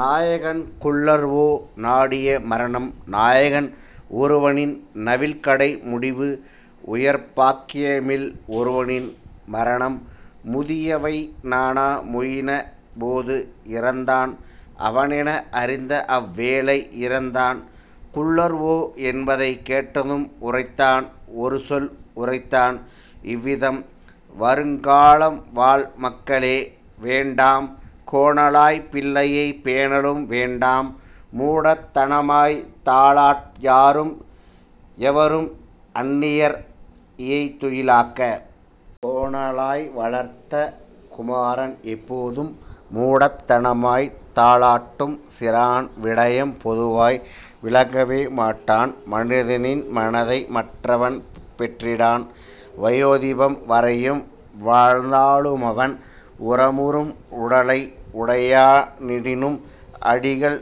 நாயகன் குல்லர்வோ நாடிய மரணம் நாயகன் ஒருவனின் நவில்கடை முடிவு உயர்பாக் கியமில் ஒருவனின் மரணம். முதிய வைனா மொயினனப் போது இறந்தான் அவனென அறிந்தஅவ் வேளை இறந்தான் குல்லர்வோ என்பதைக் கேட்டதும் உரைத்தான் ஒருசொல் உரைத்தான் இவ்விதம்: "வருங்கா லம்வாழ் மக்களே வேண்டாம் கோணலாய்ப் பிள்ளையை பேணலும் வேண்டாம் மூடத் தனமாய்த் தாலாட் யாரும் எவரும் அந்நியர் இயைதுயி லாக்க! கோணலாய் வளர்த்த குமாரன் எப்போதும் மூடத் தனமாய்த் தாலாட் டும்சிறான் விடயம் பொதுவாய் விளங்கவே மாட்டான் மனிதனின் மனதை மற்றவன் பெற்றிடான் வயோதிபம் வரையும் வாழ்ந்தா லுமவன் உரமுறும் உடலை உடைய னாயிடினும். " அடிகள்: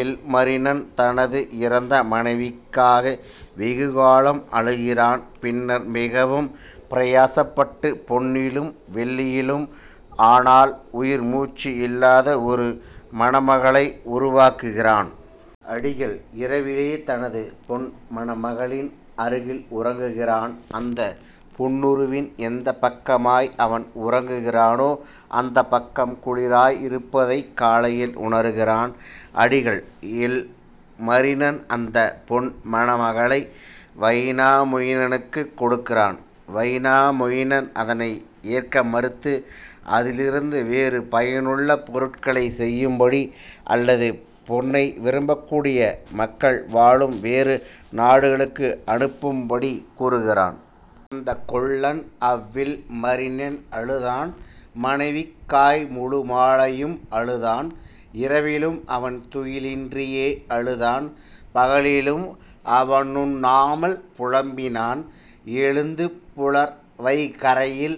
இல்மரினன் தனது இறந்த மனைவிக்காக வெகுகாலம் அழுகிறான். பின்னர் மிகவும் பிரயாசைப்பட்டுப் பொன்னிலும் வெள்ளியிலும் ஆனால் உயிர் மூச்சு இல்லாத ஒரு மணமகளை உருவாக்குகிறான். அடிகள்: இரவிலே தனது பொன் மணமகளின் அருகில் உறங்குகிறான். அந்தப் பொன்னுருவின் எந்தப் பக்கமாய் அவன் உறங்குகிறானோ அந்தப் பக்கம் குளிராய் இருப்பதைக் காலையில் உணருகிறான். அடிகள்: இல்மரினன் அந்தப் பொன் மணமகளை வைனாமொயினனுக்குக் கொடுக்கிறான். வைனாமொயினன் அதனை ஏற்க மறுத்து, அதிலிருந்து வேறு பயனுள்ள பொருட்களைச் செய்யும்படி அல்லது பொன்னை விரும்பக்கூடிய மக்கள் வாழும் வேறு நாடுகளுக்கு அனுப்பும்படி கூறுகிறான். அந்தக் கொல்லன் அவ்வில் மரினன் அழுதான் மனைவிக் காய்முழு மாலையும் அழுதான் இரவிலும் அவன்துயி லின்றியே அழுதான் பகலிலும் அவனுண் ணாமல் புலம்பினன் எழுந்து புலர்வை கறையில்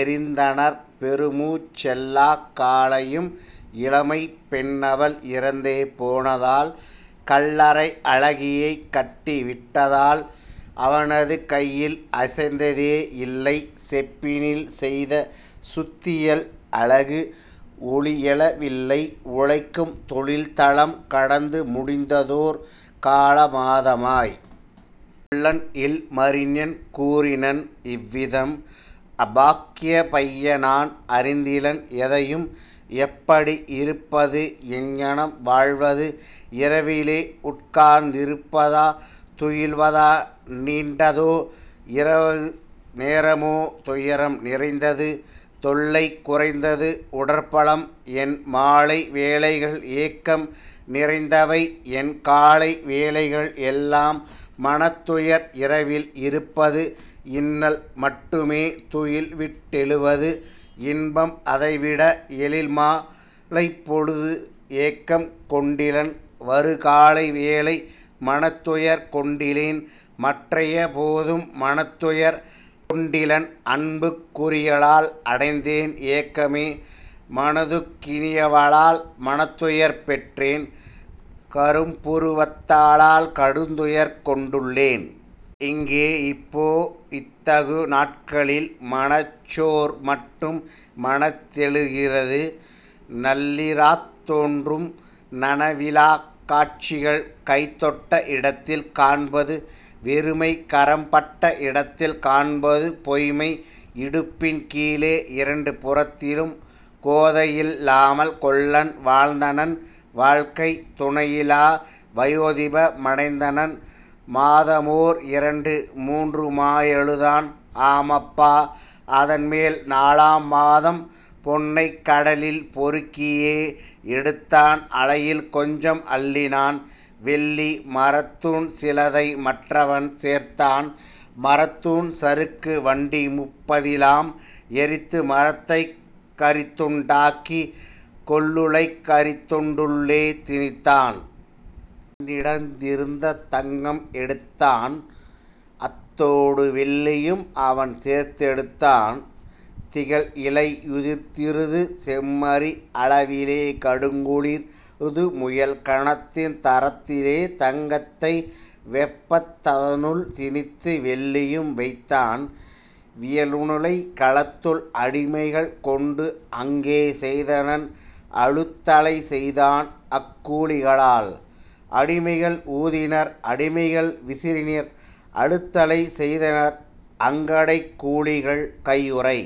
எறிந்தனன் பெருமூச் செல்லாக் காலையும் இளமைப் பெண்ணவள் இறந்தே போனதால் கல்லறை அழகியைக் கட்டி விட்டதால். அவனது கையில் அசைந்ததே யில்லை செப்பினில் செய்த சுத்தியல் அலகு, ஒலியெழ வில்லை உழைக்கும் தொழில்தலம் கடந்து முடிந்ததோர் கால மாதமாய். கொல்லன்இல் மரினன் கூறினன் இவ்விதம்: "அபாக்கியப் பையநான் அறிந்திலன் எதையும் எப்படி இருப்பது எங்ஙனம் வாழ்வது; இரவிலே உட்கார்ந் திருப்பதா துயில்வதா நீண்டதோ இரவு நேரமோ துயரம் நிறைந்தது தொல்லை குறைந்தது உடற்பலம். என்மாலை வேளைகள் ஏக்கம் நிறைந்தவை என்காலை வேளைகள் எல்லாம் மனத்துயர் இரவில் இருப்பது இன்னல் மட்டுமே துயில்விட் டெழுவது துன்பம் அதைவிட எழில்மா லைப்பொழு ஏக்கம் கொண்டிலன் வருகாலை வேளை மனத்துயர் கொண்டிலன் மற்றைய போதும் மனத்துயர் கொண்டிலன்; அன்புக் குரியளால் அடைந்தேன் ஏக்கமே மனதுக் கினியளால் மனத்துயர் பெற்றேன் கரும்புரு வத்தளால் கடுந்துயர் கொண்டுளேன். இங்கே இப்போ இத்தகு நாட்களில் மனச்சோர் மட்டும் மனத் தெழுகிறது நள்ளிராத் தோன்றும் நனவிலாக் காட்சிகள் கைதொட்ட இடத்தில் காண்பது வெறுமை கரம்பட்ட இடத்தில் காண்பது பொய்மை இடுப்பின் கீழே இரண்டு புறத்திலும். " கோதையில் லாமல் கொல்லன் வாழ்ந்தனன் வாழ்க்கைத் துணையிலா வயோதிப மடைந்தனன்; மாதமோர் இரண்டு மூன்றுமா யழுதான் ஆமப்பா, அதன்மேல் நாலாம் மாதம் பொன்னைக் கடலில் பொறுக்கியே யெடுத்தான் அலையில் கொஞ்சம் அள்ளினான் வெள்ளி; மரத்துண் சிலதை மற்றவன் சேர்த்தான் மரத்துண் சறுக்கு வண்டிமுப் பதிலாம்; எரித்து மரத்தைக் கரித்துண் டாக்கி கொல்லுலை கரித்துண் டுள்ளே திணித்தான். தன்னிடத் திருந்த தங்கம் எடுத்தான் அத்தொடு வெள்ளியும் அவன்தேர்ந் தெடுத்தான் திகழ்இலை யுதிர்ருதுச் செம்மறி அளவிலே கடுங்குளிர் ருதுமுயல் கனத்தின் தரத்திலே தங்கத்தை வெப்பத் ததனுள் திணித்து வெள்ளியும் வைத்தான் வியனுலைக் களத்துள் அடிமைகள் கொண்டு அங்கே செய்தனன் அழுத்தலைச் செய்தான் அக்கூ லிகளால். அடிமைகள் ஊதினர் அடிமைகள் விசிறினர் அழுத்தலைச் செய்தனர் அங்கடை கூலிகள் கையுறை